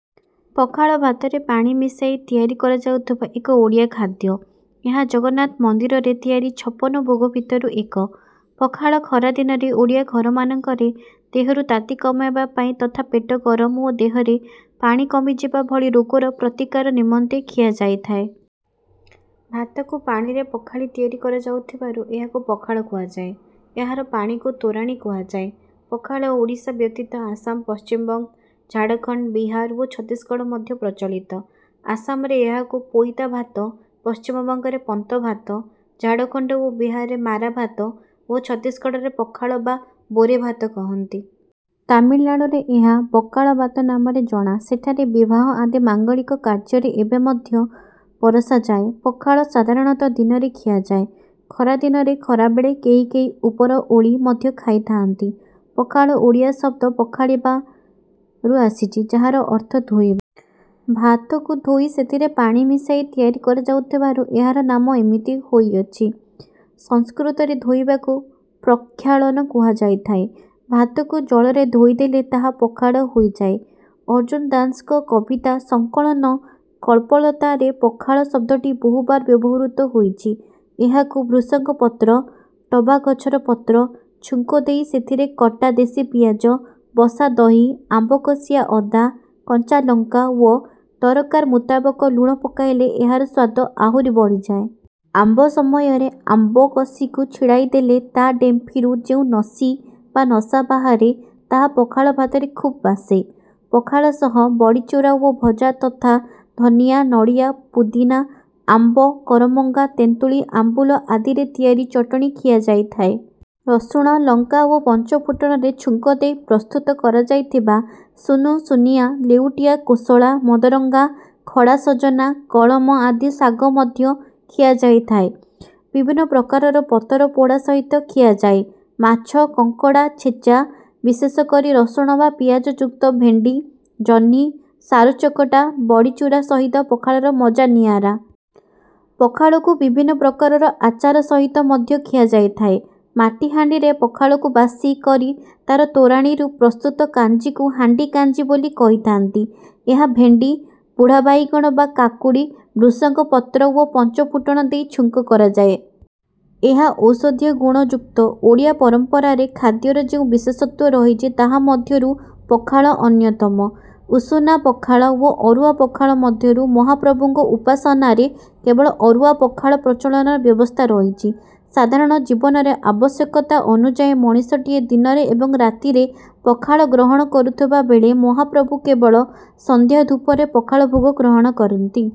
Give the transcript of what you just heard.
ପଖାଳ ଭାତରେ ପାଣି ମିଶାଇ ତିଆରି କରାଯାଉଥିବା ଏକ ଓଡ଼ିଆ ଖାଦ୍ୟ। ଏହା ଜଗନ୍ନାଥ ମନ୍ଦିରରେ ତିଆରି ଛପନ ଭୋଗ ଭିତରୁ ଏକ। ପଖାଳ ଖରା ଦିନରେ ଓଡ଼ିଆ ଘରମାନଙ୍କରେ ଦେହରୁ ତାତି କମାଇବା ପାଇଁ ତଥା ପେଟ ଗରମ ଓ ଦେହରେ ପାଣି କମିଯିବା ଭଳି ରୋଗର ପ୍ରତିକାର ନିମନ୍ତେ ଖିଆଯାଇଥାଏ। ଭାତକୁ ପାଣିରେ ପଖାଳି ତିଆରି କରାଯାଉଥିବାରୁ ଏହାକୁ ପଖାଳ କୁହାଯାଏ। ଏହାର ପାଣିକୁ ତୋରାଣି କୁହାଯାଏ। ପଖାଳ ଓଡ଼ିଶା ବ୍ୟତୀତ ଆସାମ, ପଶ୍ଚିମ ବଙ୍ଗ, ଝାଡ଼ଖଣ୍ଡ, ବିହାର ଓ ଛତିଶଗଡ଼ ମଧ୍ୟ ପ୍ରଚଳିତ। ଆସାମରେ ଏହାକୁ ପୋଇତା ଭାତ ପଶ୍ଚିମ ବଙ୍ଗରେ ପନ୍ତ ଭାତ, ଝାଡ଼ଖଣ୍ଡ ଓ ବିହାରରେ ମାରା ଭାତ ଓ ଛତିଶଗଡ଼ରେ ପଖାଳ ବା ବୋରେ ଭାତ କହନ୍ତି। ତାମିଲନାଡୁରେ ଏହା ବକାଳ ବାତ ନାମରେ ଜଣା। ସେଠାରେ ବିବାହ ଆଦି ମାଙ୍ଗଳିକ କାର୍ଯ୍ୟରେ ଏବେ ମଧ୍ୟ ପରଷା ଯାଏ। ପଖାଳ ସାଧାରଣତଃ ଦିନରେ ଖିଆଯାଏ। ଖରାଦିନରେ ଖରାବେଳେ, କେହି କେହି ଉପରଓଳି ମଧ୍ୟ ଖାଇଥାଆନ୍ତି। ପଖାଳ ଓଡ଼ିଆ ଶବ୍ଦ ପଖାଳିବା ରୁ ଆସିଛି ଯାହାର ଅର୍ଥ ଧୋଇବା। ଭାତକୁ ଧୋଇ ସେଥିରେ ପାଣି ମିଶାଇ ତିଆରି କରାଯାଉଥିବାରୁ ଏହାର ନାମ ଏମିତି ହୋଇଅଛି। ସଂସ୍କୃତରେ ଧୋଇବାକୁ ପ୍ରକ୍ଷାଳନ କୁହାଯାଇଥାଏ। ଭାତକୁ ଜଳରେ ଧୋଇଦେଲେ ତାହା ପଖାଳ ହୋଇଯାଏ। ଅର୍ଜୁନ ଦାସଙ୍କ କବିତା ସଙ୍କଳନ କଳ୍ପଲତା ରେ ପଖାଳ ଶବ୍ଦଟି ବହୁବାର ବ୍ୟବହୃତ ହୋଇଛି। ଏହାକୁ ଭୃସଙ୍ଗ ପତ୍ର, ଟଭାଗଛର ପତ୍ର ଛୁଙ୍କ ଦେଇ ସେଥିରେ କଟା ଦେଶୀ ପିଆଜ, ବସାଦହି, ଆମ୍ବକସିଆ ଅଦା, କଞ୍ଚାଲଙ୍କା ଓ ଦରକାର ମୁତାବକ ଲୁଣ ପକାଇଲେ ଏହାର ସ୍ୱାଦ ଆହୁରି ବଢ଼ିଯାଏ। ଆମ୍ବ ସମୟରେ ଆମ୍ବ କଷିକୁ ଛିଡ଼ାଇଦେଲେ ତା' ଡେମ୍ଫରୁ ଯେଉଁ ନସି ବା ନସା ବାହାରେ ତାହା ପଖାଳ ଭାତରେ ଖୁବ୍ ବାସେ। ପଖାଳ ସହ ବଡ଼ିଚୁରା ଓ ଭଜା ତଥା ଧନିଆ, ନଡ଼ିଆ, ପୋଦିନା, ଆମ୍ବ, କରମଙ୍ଗା ତେନ୍ତୁଳି ଆମ୍ବୁଲ ଆଦିରେ ତିଆରି ଚଟଣି ଖିଆଯାଇଥାଏ। ରସୁଣ, ଲଙ୍କା ଓ ପଞ୍ଚୁ ଫୁଟଣରେ ଛୁଙ୍କଦେଇ ପ୍ରସ୍ତୁତ କରାଯାଇଥିବା ସୁନୁସୁନିଆ ଲେଉଟିଆ କୋଶଳା, ମଦରଙ୍ଗା ଖଡ଼ା ସଜନା, କଳମ ଆଦି ଶାଗ ମଧ୍ୟ ଖିଆଯାଇଥାଏ। ବିଭିନ୍ନ ପ୍ରକାରର ପତର ପୋଡ଼ା ସହିତ ଖିଆଯାଏ। ମାଛ, କଙ୍କଡ଼ା ଛେଚା, ବିଶେଷ କରି ରସୁଣ ବା ପିଆଜ ଯୁକ୍ତ ଭେଣ୍ଡି, ଜହ୍ନି, ସାରୁ ଚକଟା, ବଡ଼ିଚୁରା ସହିତ ପଖାଳର ମଜା ନିଆରା। ପଖାଳକୁ ବିଭିନ୍ନ ପ୍ରକାରର ଆଚାର ସହିତ ମଧ୍ୟ ଖିଆ ଯାଇଥାଏ। ମାଟି ହାଣ୍ଡିରେ ପଖାଳକୁ ବାସି କରି ତା'ର ତୋରାଣିରୁ ପ୍ରସ୍ତୁତ କାଞ୍ଜିକୁ ହାଣ୍ଡି କାଞ୍ଜି ବୋଲି କହିଥାନ୍ତି। ଏହା ଭେଣ୍ଡି, ବୁଢା ବାଇଗଣ ବା କାକୁଡ଼ି, ଭୃସଙ୍ଗ ପତ୍ର ଓ ପଞ୍ଚୁ ଫୁଟଣ ଦେଇ ଛୁଙ୍କ କରାଯାଏ। ଏହା ଔଷଧୀୟ ଗୁଣ ଯୁକ୍ତ। ଓଡ଼ିଆ ପରମ୍ପରାରେ ଖାଦ୍ୟର ଯେଉଁ ବିଶେଷତ୍ୱ ରହିଛି ତାହା ମଧ୍ୟରୁ ପଖାଳ ଅନ୍ୟତମ। ଉଷୁନା ପଖାଳ ଓ ଅରୁଆ ପଖାଳ ମଧ୍ୟରୁ ମହାପ୍ରଭୁଙ୍କର ଉପାସନାରେ କେବଳ ଅରୁଆ ପଖାଳ ପ୍ରଚଳନର ବ୍ୟବସ୍ଥା ରହିଛି। ସାଧାରଣ ଜୀବନରେ ଆବଶ୍ୟକତା ଅନୁଯାୟୀ ମଣିଷଟିଏ ଦିନରେ ଏବଂ ରାତିରେ ପଖାଳ ଗ୍ରହଣ କରୁଥବା ବେଳେ ମହାପ୍ରଭୁ କେବଳ ସନ୍ଧ୍ୟାଧୂପରେ ପଖାଳ ଭୋଗ ଗ୍ରହଣ କରନ୍ତି।